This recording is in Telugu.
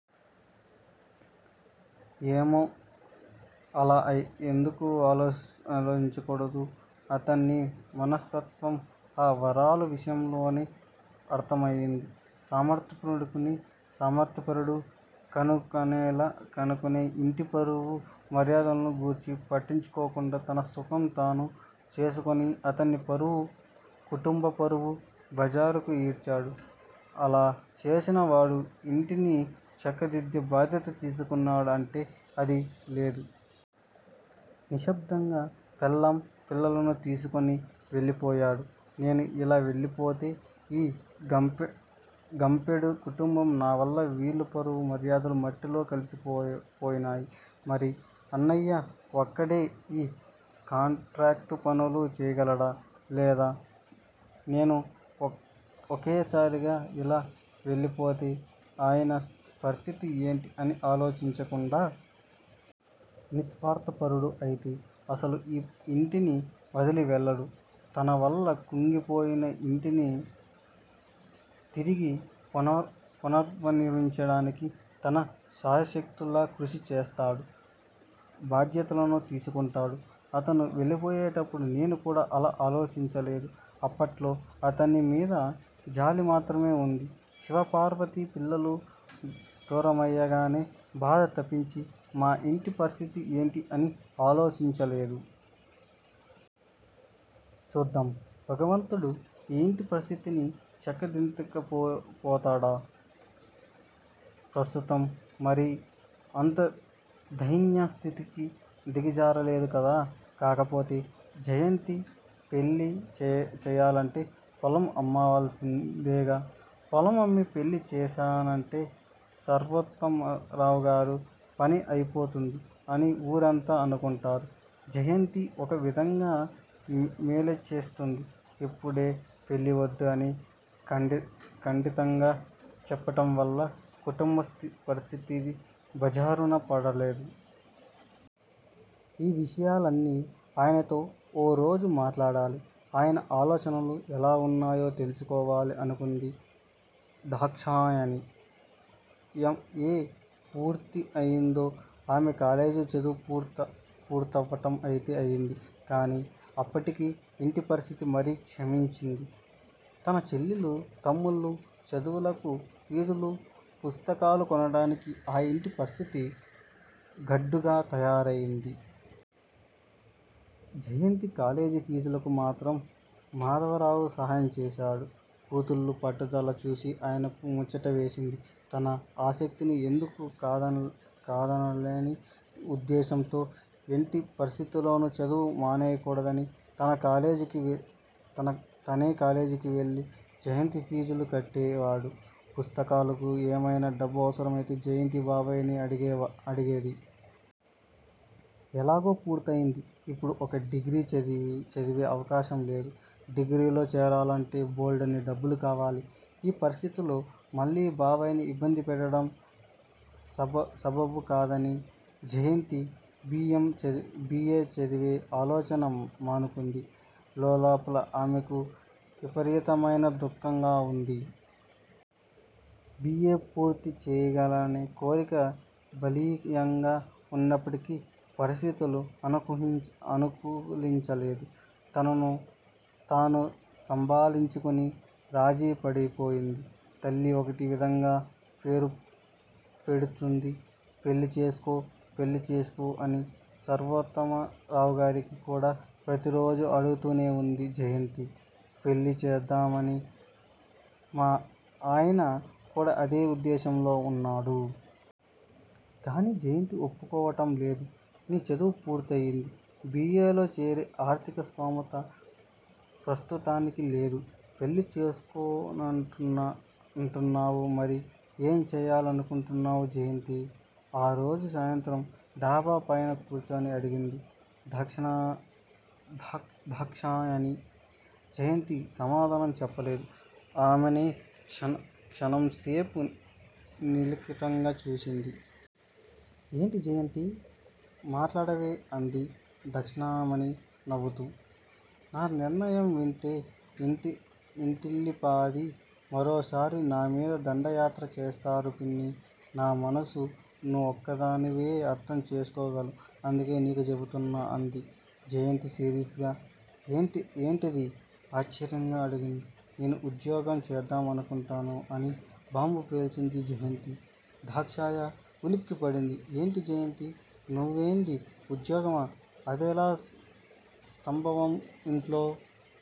ఏమో అలా ఎందుకు ఆలోచించకూడదు? అతని మనస్తత్వం ఆ వరాలు విషయంలోనే అర్ధమయింది స్వా మర్ధాపరుడని. స్వా మర్ధాపరుడు కనుకనే ఇంటి పరువు మర్యాదలను గూర్చి పట్టించుకోకుండా తన సుఖం తానూ చెసుకుని అతని పరువు, కుటుంబ పరువు బజారుకు ఈడ్చాడు. అలా చేసిన వాడు ఇంటిని చక్కదిద్దే భాద్యత తీసుకున్నాడు అంటే అది లేదు. నిశ్శబ్దంగా పెళ్ళాం పిల్లలను తీసుకుని వెళ్ళిపోయాడు. నేను ఇలా వెళ్ళిపోతే ఈ గంపెడు కుటుంబం నా వల్ల వీళ్ళ పరువు మర్యాదలు మట్టిలో కలిసిపోయి నయి, మరి అన్నయ్య ఒక్కడే ఈ కాంట్రాక్టు పనులు చేయగలడా? లేదా? నేను ఒకేసారిగా ఇలా వెళ్ళిపోతే అయన పరిస్థితి ఏంటి అని ఆలోచించా కుండా? నిస్వార్ధపరుడు అయితే అసలు ఈ ఇంటిని వదిలి వెళ్ళడు. తన వల్ల కుంగిపోయిన ఇంటిని తిరిగి పునఃనిర్మించటానికి తన శాయశక్తులా కృషి చేస్తాడు. భాద్యతను తీసుకుంటాడు. అతను వెళ్ళిపోయేటప్పుడు నేను కూడా అలా ఆలోచించలేదు. అప్పట్లో అతని మీద జాలి మాత్రమే వుంది. శివపార్వతి పిల్లలు దూరమయ్యరనే బాధ తప్పించి మా ఇంటి పరిస్థితి ఏంటి అని ఆలోచించలేదు. చూద్దాం భగవంతుడు ఈ ఇంటి పరిస్థితిని చక్కదిద్దకపోతాడా? ప్రస్తుతం మరీ అంత దైన్యస్థితికి దిగజారలేదు కదా? కాకపొతే జయంతి పెళ్ళి చేయాలంటే పొలం అమ్మవలసిందేగా. పొలం అమ్మి పెళ్ళి చేశారంటే సర్వోత్తమరావుగారి పని అయిపోతుంది అని ఊరంతా అనుకుంట రు. జయంతి ఒక విధంగా మేలేచేస్తుంది. ఇప్పుడే పెళ్ళి వద్దు అని ఖండితంగా చెప్పటంవల్ల కుటుంబపరిస్థితి బజారున పడలేదు. ఈ విషయాలన్నీ ఆయనతో ఓరోజు మాట్లాడాలి. అయన ఆలోచనలు ఎలా వున్నాయో తెలుసుకోవాలి అనుకుంది దాక్షాయణి. ఎ. పూర్తయిపోయింది. ఆమె కాలేజి చదువు పుర్తవటం అయితే అయింది, గానీ అప్పటికి ఇంటి పరిస్థితి మరీ క్షిణించింది, తన చెల్లెలు తమ్ముళ్ళు చదువులకు ఫీజులు, పుస్తకాలు కొనటానికి ఆ ఇంటి పరిస్థితి గడ్డుగా తయారయింది. జయంతి కాలేజి ఫీజులకు మాత్రం మాధవరావు సహాయం చేశాడు. కూతురు పట్టుదల చూసి ఆయనకు ముచ్చట వేసింది. తన ఆసక్తిని ఎందుకు కాదనలనే ఉద్దేశంతో ఎట్టి పరిస్థితిల్లోను చదువు మానేయకుడదని తనే కాలేజికి వెళ్ళి జయంతి ఫీజులు కట్టేవాడు. పుస్తకాలకు ఏమైనా డబ్బు అవసరమైతే జయంతి బాబాయ్ ని అడిగేది. ఎలాగో పూర్తయింది. ఇప్పుడు ఇక డిగ్రి చదివే అవకాశం లేదు. డిగ్రీలో చేరాలంటే బోల్డన్ని డబ్బులు కావాలి. ఈ పరిస్థితుల్లో మళ్ళీ బాబాయ్ ని ఇబ్బంది పెట్టడం సబబు కాదని జయంతి బి. ఎ. చదివే ఆలోచన మానుకుంది. లోలోపల ఆమెకు విపరీతమైన దుఃఖంగా వుంది. బి. ఎ. పూర్తిచేయాలనే కోరిక బలీయంగా వున్నప్పటికీ పరిస్థితులు అనుకూలించలేదు. తనను తాను సంభాళించుకుని రాజీపడిపోయింది. తల్లీ ఒకటే విధంగా పోరుపెడుతుంది పెళ్ళి చేసుకో, పెళ్ళి చేసుకో అని, సర్వోత్తమరావుగారిని కూడా ప్రతిరోజూ అడుగుతూనే వుంది జయంతి పెళ్ళిచేద్దామని. అయన కూడా అదే వుద్దేశంలో వున్నాడు. కానీ జయంతి ఒప్పుకోవటంలేదు. నీ చదువు పూర్తయింది. బి. ఎ. లో చేరే ఆర్ధిక స్థోమత ప్రస్తుతానికి లేదు. పెళ్ళిచేసుకోనంటున్నావు మరి ఏం చేయాలనుకుంటున్నావు జయంతీ? ఆరోజు సాయంత్రం డాబాపైన కూర్చుని అడిగింది దాక్షాయణి. జయంతి సమాధానం చెప్పలేదు. ఆమెనే క్షణం సేపు నిశితంగా చూసింది. ఏంటి జయంతీ! మాట్లాడవే అంది దాక్షాయణి నవ్వుతూ. నా నిర్ణయం వింటే ఇంటిల్లిపాదీ మరొకసారి నామీద దండయాత్ర చేస్తారు పిన్నీ! నా మనసు నువ్వొక్కదానివే అర్ధం చేసుకోగలవు. అందుకే నీకు చెపుతున్నాను. అంది జయంతి సీరియస్ గా. ఏంటది!? ఆశ్చర్యంగా అడిగింది. నేను ఉద్యోగం చేద్దామనుకుంటున్నాను అని బాంబు పేల్చింది జయంతి. దాక్షాయ ఉలిక్కిపడింది. ఏంటి జయంతీ! నువ్వనేది ఉద్యోగమా? అదెలా సంభవం? ఇంట్లో